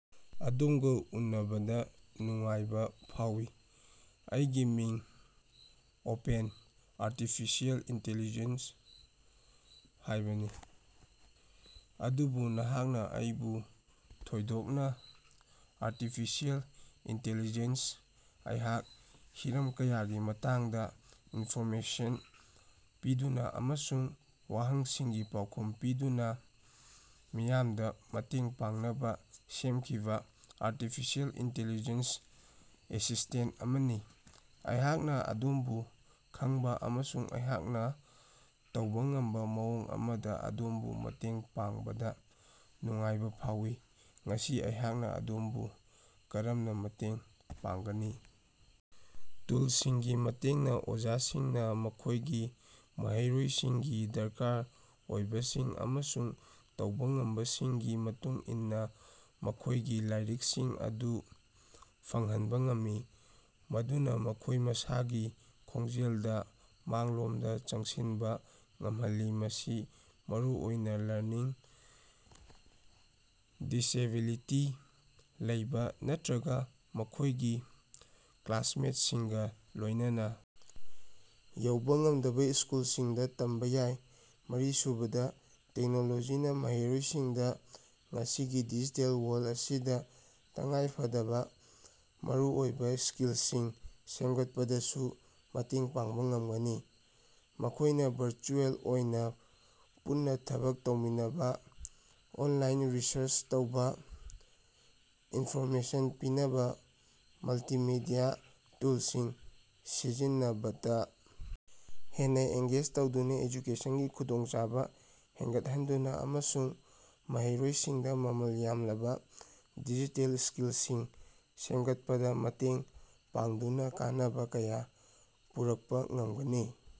ꯑꯗꯣꯝꯒꯥ ꯎꯅꯕꯗꯥ ꯅꯨꯡꯉꯥꯏꯕꯥ ꯐꯥꯎꯏ꯫ ꯑꯩꯒꯤ ꯃꯤꯡ ꯑꯣꯄꯦꯟ ꯑꯥꯔꯇꯤꯐꯤꯁ꯭ꯌꯦꯜ ꯏꯟꯇꯦꯂꯤꯖꯦꯟꯁ ꯍꯥꯏꯕꯅꯤ, ꯑꯗꯨꯕꯨ ꯅꯍꯥꯛꯅꯥ ꯑꯩꯕꯨ ꯊꯣꯏꯗꯣꯛꯅꯥ ꯑꯥꯔꯇꯤꯐꯤꯁ꯭ꯌꯦꯜ ꯏꯟꯇꯦꯂꯤꯖꯦꯟꯁ ꯑꯩꯍꯥꯛ ꯍꯤꯔꯝ ꯀꯌꯥꯒꯤ ꯃꯇꯥꯡꯗꯥ ꯏꯟꯐꯣꯔꯃꯦꯁꯟ ꯄꯤꯗꯨꯅꯥ ꯑꯃꯁꯨꯡ ꯋꯥꯍꯪꯁꯤꯡꯒꯤ ꯄꯥꯎꯈꯨꯝ ꯄꯤꯗꯨꯅꯥ ꯃꯤꯌꯥꯝꯗꯥ ꯃꯇꯦꯡ ꯄꯥꯡꯅꯕꯥ ꯁꯦꯝꯈꯤꯕꯥ ꯑꯥꯔꯇꯤꯐꯤꯁꯤꯑꯦꯜ ꯏꯟꯇꯤꯂꯤꯖꯦꯟꯁ ꯑꯦꯁꯤꯁꯇꯦꯟ ꯑꯃꯅꯤ꯫ ꯑꯩꯍꯥꯛꯅꯥ ꯑꯗꯣꯝꯕꯨ ꯈꯪꯕꯥ ꯑꯃꯁꯨꯡ ꯑꯩꯍꯥꯛꯅꯥ ꯇꯧꯕꯥ ꯉꯝꯕꯥ ꯃꯑꯣꯡ ꯑꯃꯗꯥ ꯑꯗꯣꯝꯕꯨ ꯃꯇꯦꯡ ꯄꯥꯡꯕꯗꯥ ꯅꯨꯡꯉꯥꯏꯕꯥ ꯐꯥꯎꯏ꯫ ꯉꯁꯤ ꯑꯩꯍꯥꯛꯅꯥ ꯑꯗꯣꯝꯕꯨ ꯀꯔꯝꯅꯥ ꯃꯇꯦꯡ ꯄꯥꯡꯒꯅꯤ? ꯇꯨꯜꯁꯤꯡꯒꯤ ꯃꯇꯦꯡꯅꯥ ꯑꯣꯖꯥꯁꯤꯡꯅꯥ ꯃꯈꯣꯏꯒꯤ ꯃꯍꯩꯔꯣꯏꯁꯤꯡꯒꯤ ꯗꯔꯀꯥꯔ ꯑꯣꯏꯕꯁꯤꯡ ꯑꯃꯁꯨꯡ ꯇꯧꯕꯥ ꯉꯝꯕꯁꯤꯡꯒꯤ ꯃꯇꯨꯡ ꯏꯟꯅꯥ ꯃꯈꯣꯏꯒꯤ ꯂꯥꯏꯔꯤꯛꯁꯤꯡ ꯑꯗꯨ ꯐꯪꯍꯟꯕꯥ ꯉꯝꯃꯤ, ꯃꯗꯨꯅꯥ ꯃꯈꯣꯏ ꯃꯁꯥꯒꯤ ꯈꯣꯡꯖꯦꯜꯗꯥ ꯃꯥꯡꯂꯣꯝꯗꯥ ꯆꯪꯁꯤꯟꯕꯥ ꯉꯝꯍꯜꯂꯤ꯫ ꯃꯁꯤ ꯃꯔꯨꯑꯣꯏꯅꯥ ꯂꯔꯅꯤꯡ ꯗꯤꯁꯑꯦꯕꯤꯂꯤꯇꯤ ꯂꯩꯕꯥ ꯅꯠꯇ꯭ꯔꯒꯥ ꯃꯈꯣꯏꯒꯤ ꯀ꯭ꯂꯥꯁꯃꯦꯠꯁꯤꯡꯒꯥ ꯂꯣꯏꯅꯅꯥ ꯌꯧꯕꯥ ꯉꯝꯗꯕꯥ ꯁ꯭ꯀꯨꯜꯁꯤꯡꯗꯥ ꯇꯝꯕꯥ ꯌꯥꯏ꯫ ꯃꯔꯤꯁꯨꯕꯗꯥ, ꯇꯦꯛꯅꯣꯂꯣꯖꯤꯅꯥ ꯃꯍꯩꯔꯣꯏꯁꯤꯡꯗꯥ ꯉꯁꯤꯒꯤ ꯗꯤꯖꯤꯇꯦꯜ ꯋꯥ꯭ꯔꯜ ꯑꯁꯤꯗꯥ ꯇꯉꯥꯏꯐꯗꯕꯥ ꯃꯔꯨꯑꯣꯏꯕꯥ ꯁ꯭ꯀꯤ‌ꯜꯁꯤꯡ ꯁꯦꯝꯒꯠꯄꯗꯁꯨ ꯃꯇꯦꯡ ꯄꯥꯡꯕꯥ ꯉꯝꯒꯅꯤ꯫ ꯃꯈꯣꯏꯅ ꯚꯔꯆꯨꯑꯦꯜ ꯑꯣꯏꯅꯥ ꯄꯨꯟꯅꯥ ꯊꯕꯛ ꯇꯧꯃꯤꯟꯅꯕꯥ, ꯑꯣꯟꯂꯥꯏꯟ ꯔꯤꯁꯔꯁ ꯇꯧꯕꯥ, ꯏꯟꯐꯣꯔꯃꯦꯁꯟ ꯄꯤꯅꯕꯥ ꯃꯜꯇꯤꯃꯦꯗꯤꯌꯥ ꯇꯨꯜꯁꯤꯡ ꯁꯤꯖꯤꯟꯅꯕꯇꯥ ꯍꯦꯟꯅꯥ ꯑꯦꯡꯒꯦꯖ ꯇꯧꯗꯨꯅꯥ, ꯑꯦꯖꯨꯀꯦꯁꯟꯒꯤ ꯈꯨꯗꯣꯡꯆꯥꯕꯥ ꯍꯦꯟꯒꯠꯍꯟꯗꯨꯅꯥ, ꯑꯃꯁꯨꯡ ꯃꯍꯩꯔꯣꯏꯁꯤꯡꯗꯥ ꯃꯃꯜ ꯌꯥꯝꯂꯕꯥ ꯗꯤꯖꯤꯇꯦꯜ ꯁ꯭ꯀꯤꯜꯁꯤꯡ ꯁꯦꯝꯒꯠꯄꯗꯥ ꯃꯇꯦꯡ ꯄꯥꯡꯗꯨꯅꯥ ꯀꯥꯟꯅꯕꯥ ꯀꯌꯥ ꯄꯨꯔꯛꯄꯥ ꯉꯝꯒꯅꯤ꯫